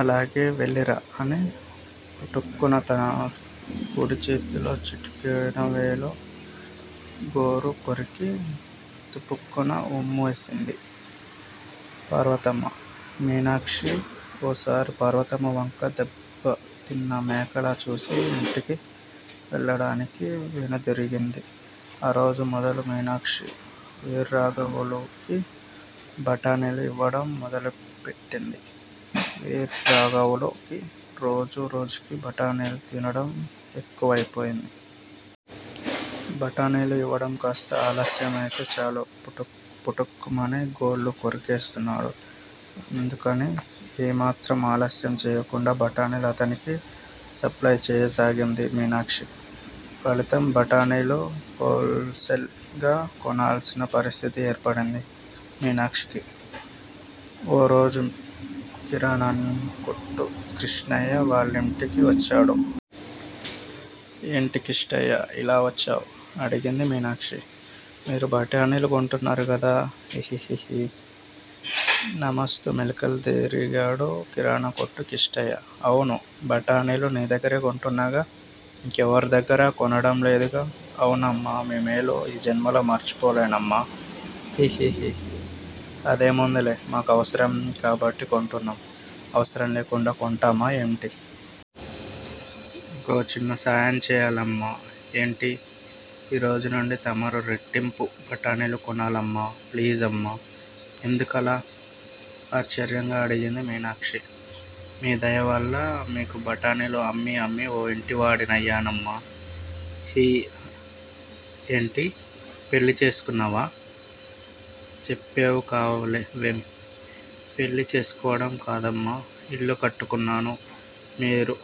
అలాగే వెళ్లిరా అని పుటుక్కున తన కుడిచేతి చిటికెనవేలు గోరు కొరికి తుపుక్కున ఉమ్మూసింది పార్వతమ్మ. మీనాక్షి ఓసారి పార్వతమ్మ వంక దెబ్బతిన్న మేకలా చూసి ఇంటికి వెళ్లడానికి వెనుతిరిగింది. ఆరోజు మొదలు మీనాక్షి వీర్రాఘవులుకి బఠాణీలు ఇవ్వడం మొదలు పెట్టింది. వీర్రాఘవులుకి రోజు రోజుకీ బఠాణీలు తినడం ఎక్కువైపోయింది. బఠాణీలు ఇవ్వడం కాస్త ఆలస్యం అయితే చాలు పుటుక్ పుటుక్ మని గోళ్లు కొరికేస్తున్నాడు. అందుకని ఏ మాత్రం ఆలస్యం చెయ్యకుండా బఠాణీలు అతనికి సప్లయి చేయసాగింది మీనాక్షి. ఫలితం బఠాణీలు హోల్ సేల్ గా కొనాల్సిన పరిస్థితి ఏర్పడింది మీనాక్షికి. ఓరోజు కిరాణా కొట్టు కిష్టయ్య వాళ్లింటికి వచ్చాడు. ఏంటి కిష్టయ్యా ఇలా వచ్చావ్? అడిగింది మీనాక్షి. మీరు బఠాణీలు కొంటున్నారుకదా హి హిహి నామస్తూ మెలికలు తిరిగాడు కిరాణా కొట్టు కిష్టయ్య. అవునూ బఠాణీలు నీ దగ్గరే కొంటున్నాగా ఇంకెవరిదగ్గరా కొనడంలేదుగా అవునమ్మా మీ మేలు ఈ జన్మలో మర్చిపోలేనమ్మా హి హిహి ఆ దేంముందిలే మాకు అవసరం కాబట్టి కొంటున్నాం అవసరం లేకుండా కొంటామా ఏంటీ? ఇంకో చిన్న సాయం చెయ్యాలమ్మా ఏంటి? ఈ రోజు నుండి తమరు రెట్టింపు బఠాణీలు కొనాలమ్మా ప్లీజమ్మా ఎందుకలా? ఆశ్చర్యంగా అడిగింది మీనాక్షి. మీ దయవల్ల మీకు బఠాణీలు అమ్మీ అమ్మీ ఓ ఇంటివాడినయ్యానమ్మా హి ఏంటీ? పెళ్లి చేసుకున్నావా? చెప్పేవుకావేం? పెళ్లి చేస్కోడం కాదమ్మా ఇల్లు కట్టుకున్నాను మీరు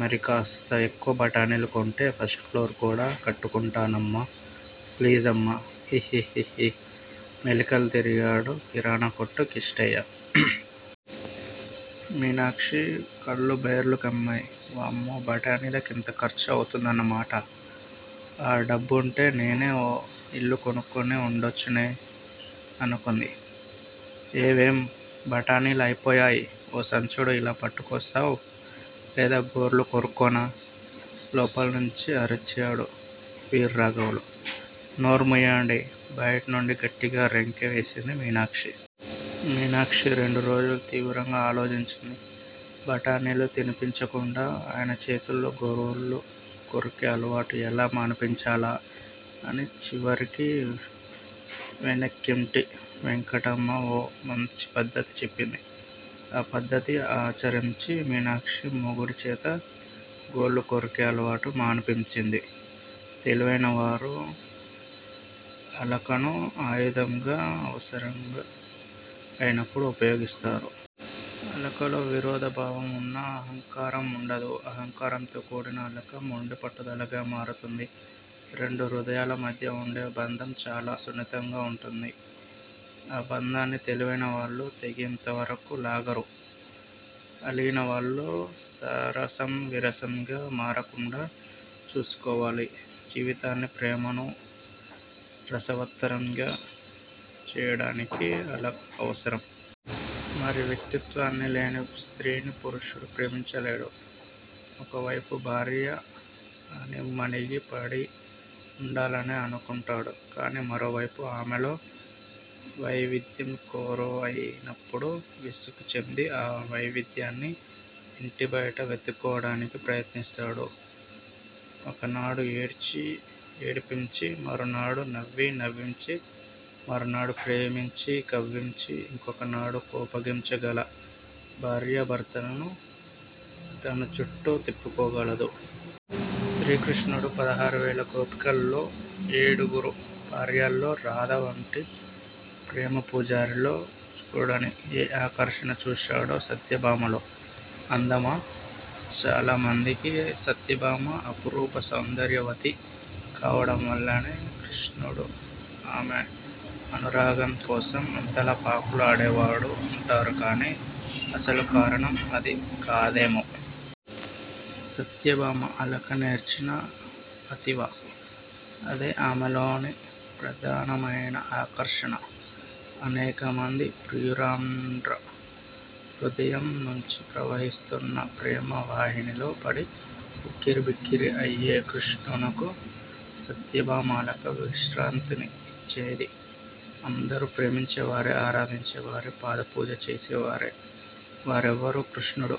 మరికాస్త ఎక్కువ బఠాణీలు కొంటే ఫస్టుప్లోరు కూడా కట్టుకుంటానమ్మా ప్లీజమ్మా హి హిహి మెలికలు తిరిగాడు కిరాణా కొట్టు కిష్టయ్య. మీనాక్షి కళ్లు బైర్లు క్రమ్మాయ్ అమ్మో బఠాణీలకి అంత ఖర్చు అవుతుందన్నమాట! ఆ డబ్బుంటే నేనే ఒక ఇల్లు కొనుక్కుని ఉండొచ్చునే!! అనుకుంది. ఏమేవ్ బఠాణీలయిపోయాయ్ ఓ సంచుడు ఇలా పట్టుకొస్తావ్? లేదా గోళ్లు కొరుక్కోనా? లోపల్నుండి అరిచాడు వీర్రాఘవులు. నోర్ముయ్యండి బయటినుండి గట్టిగా రంకె వేసింది మీనాక్షి. మీనాక్షి రెండురోజులు తీవ్రంగా ఆలోచించింది బఠాణీలు తినిపించకుండా ఆయనచేత గోళ్లు కొరికే అలవాటు ఎలా మాన్పించాలా -అని! చివరికి వెనకింటి వెంకమ్మ ఓ మాంఛి పద్దతి చెప్పింది. ఆ పద్దతి ఆచరించి మీనాక్షి మొగుడిచేత గోళ్లు కొరికే అలవాటు మాన్పించింది. తెలివైన వారు అలకను ఆయుధంగా అవసరం అయినప్పుడు ఉపయోగిస్తారు. అలకలో విరోధ భావం ఉన్నా, అహంకారం ఉండదు. అహంకారంతో కూడిన అలక మొండి పట్టుదలగా మారుతుంది. రెండు హృదయాల మధ్య ఉండే బంధం చాలా సున్నితంగా ఉంటుంది. ఆ బంధాన్ని తెలివైన వాళ్లు తెగేంతవరకూ లాగరు. అలిగిన వాళ్లు సరసం విరసంగా మారకుండా చూసుకోవాలి. జీవితాన్ని, ప్రేమానూ రసవత్తరం చెయ్యడానికి అలక అవసరం. మరీ వ్యక్తిత్వం లేని స్త్రీని పురుషుడు ప్రేమించలేడు. ఒవైపు భార్య అణిగిమణిగి పడి ఉండాలనే కోరుకుంటాడు. కాని, మరోవైపు ఆమెలో వైవిధ్యం కొరవైనప్పుడు విసుగు చెంది, ఆ వైవిధ్యాన్ని ఇంటి బయట వెతుక్కోవడానికి ప్రయత్నిస్తాడు. ఒకనాడు ఏడ్చీ, ఏడిపించి, మరునాడు నవ్వి, నవ్వించి, మరోనాడు ప్రేమించి, కవ్వించి, ఇంకోనాడు కోపగించగల భార్య భర్తను తనచుట్టూ తిప్పుకోగలదు. శ్రీ కృష్ణుడు పదహారువేల గోపికల్లో, ఏడుగురు భార్యల్లో, రాధ వంటి ప్రేమ పూజారిలో చూడని ఏ ఆకర్షణ చూశాడో సత్యభామలో? అందమా? చాలా మందికి సత్యభామ అపురూప సౌందర్యవతి కావడంవల్లనే కృష్ణుడు ఆమె అనురాగంకోసం అంతగా పాకులాడేవాడు అంటారు కాని, అసలు కారణం అది కాదేమో? సత్యభామ అలకనేర్చిన అతివ. అదే ఆమెలోని ప్రధానమైన ఆకర్షణ. అనేకమంది ప్రియురాండ్ర హృదయం నుంచి ప్రవహిస్తున్న ప్రేమవాహినిలో పడి ఉక్కిరిబిక్కిరి అయే కృష్ణునకు సత్యభామ అలక విశ్రాంతిని ఇచ్చేది అందరూ ప్రేమించేవారే, ఆరాధించేవారే. పాదపూజలు చేసేవారే. మరెవరూ కృష్ణుడు